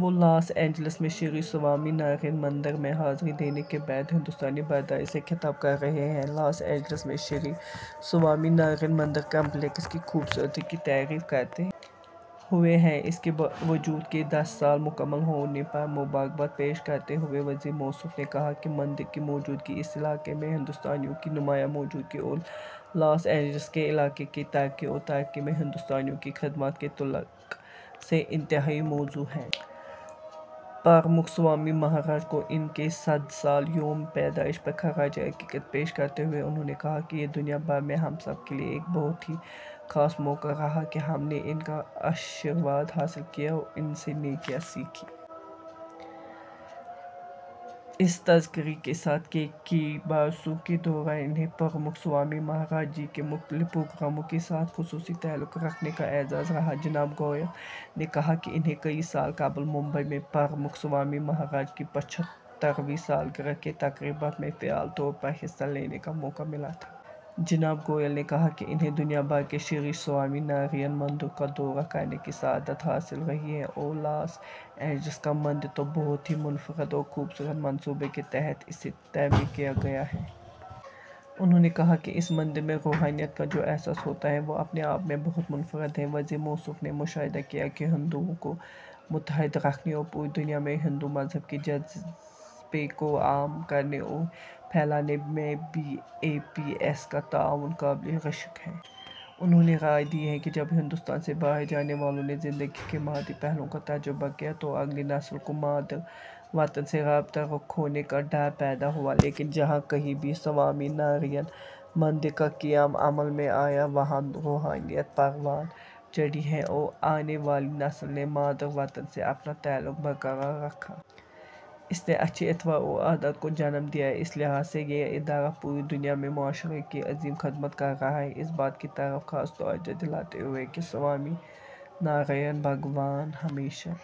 وہ Los Angeles میں Shri Swaminarayan مندر میں حاضری دینے کے بعد ہندوستانی برادری سے خطاب کر رہے تھے۔ لاس اینجلس میں شری سوامی نارائن مندر کمپلیکس کی خوبصورتی کی تعریف کرتے ہوئے اور اس کے وجود کے دس سال مکمل ہونے پر مبارکباد پیش کرتے ہوئے وزیر موصوف نے کہا کہ مندر کی موجودگی اس علاقے میں ہندوستانیوں کی نمایاں موجودگی اور لاس اینجلس کے علاقے کی ترقی اور ترقی میں ہندوستانیوں کی خدمات کے تعلق سے انتہائی موزوں ہے۔ پرمکھ سوامی مہاراج کو ان کے صد سالہ یوم پیدائش پر خراج عقیدت پیش کرتے ہوئے انہوں نے کہا کہ یہ دنیا بھر میں ہم سب کے لیے ایک بہت ہی خاص موقع رہا کہ ہم نے ان کا آشیرواد حاصل کیا اور ان سے نیکیاں سیکھیں۔ اس تذکرے کے ساتھ کہ کئی برسوں کے دوران انہیں پرمکھ سوامی مہاراج جی کے مختلف پروگراموں کے ساتھ خصوصی تعلق رکھنے کا اعزاز رہا، جناب گوئل نے کہا کہ انہیں کئی سال قبل ممبئی میں پرمکھ سوامی مہاراج کی پچھترویں سالگرہ کی تقریبات میں فعال طور پر حصہ لینے کا موقع ملا تھا۔ جناب گوئل نے کہا کہ انہیں دنیا بھر کے شری سوامی نارائن مندروں کا دورہ کرنے کی سعادت حاصل رہی ہے اور لاس اینجلس کا مندر تو بہت ہی منفرد اور خوبصورت منصوبے کے تحت اسے تعمیر کیا گیا ہے۔ انہوں نے کہا کہ اس مندر میں روحانیت کا جو احساس ہوتا ہے، وہ اپنے آپ میں بہت منفرد ہے۔ وزیر موصوف نے مشاہدہ کیا کہ ہندوؤں کو متحد رکھنے اور پوری دنیا میں ہندو مذہب کے جذبے کو عام کرنے اور پھیلانے میں بی اے پی ایس کا تعاون قابلِ رشک ہے۔ انہوں نے رائے دی کہ جب ہندوستان سے باہر جانے والوں نے زندگی کے مادی پہلوؤں کا تجربہ کیا، تو اگلی نسل کو مادر وطن سے رابطہ کھونے کا ڈر پیدا ہوا، لیکن جہاں کہیں بھی سوامی نارائن مندر کا قیام عمل میں آیا، وہاں روحانیت پروان چڑھی ہے اور آنے والی نسل نے مادر وطن سے اپنا تعلق برقرار رکھا۔ اس نے اچھی اطوار اور عادات کو جنم دیا۔ اس لحاظ سے یہ ادارہ پوری دنیا میں معاشرے کی عظیم خدمت کر رہا ہے۔ اس بات کی طرف خاص توجہ دلاتے ہوئے کہ سوامی نارائن بھگوان ہمیشہ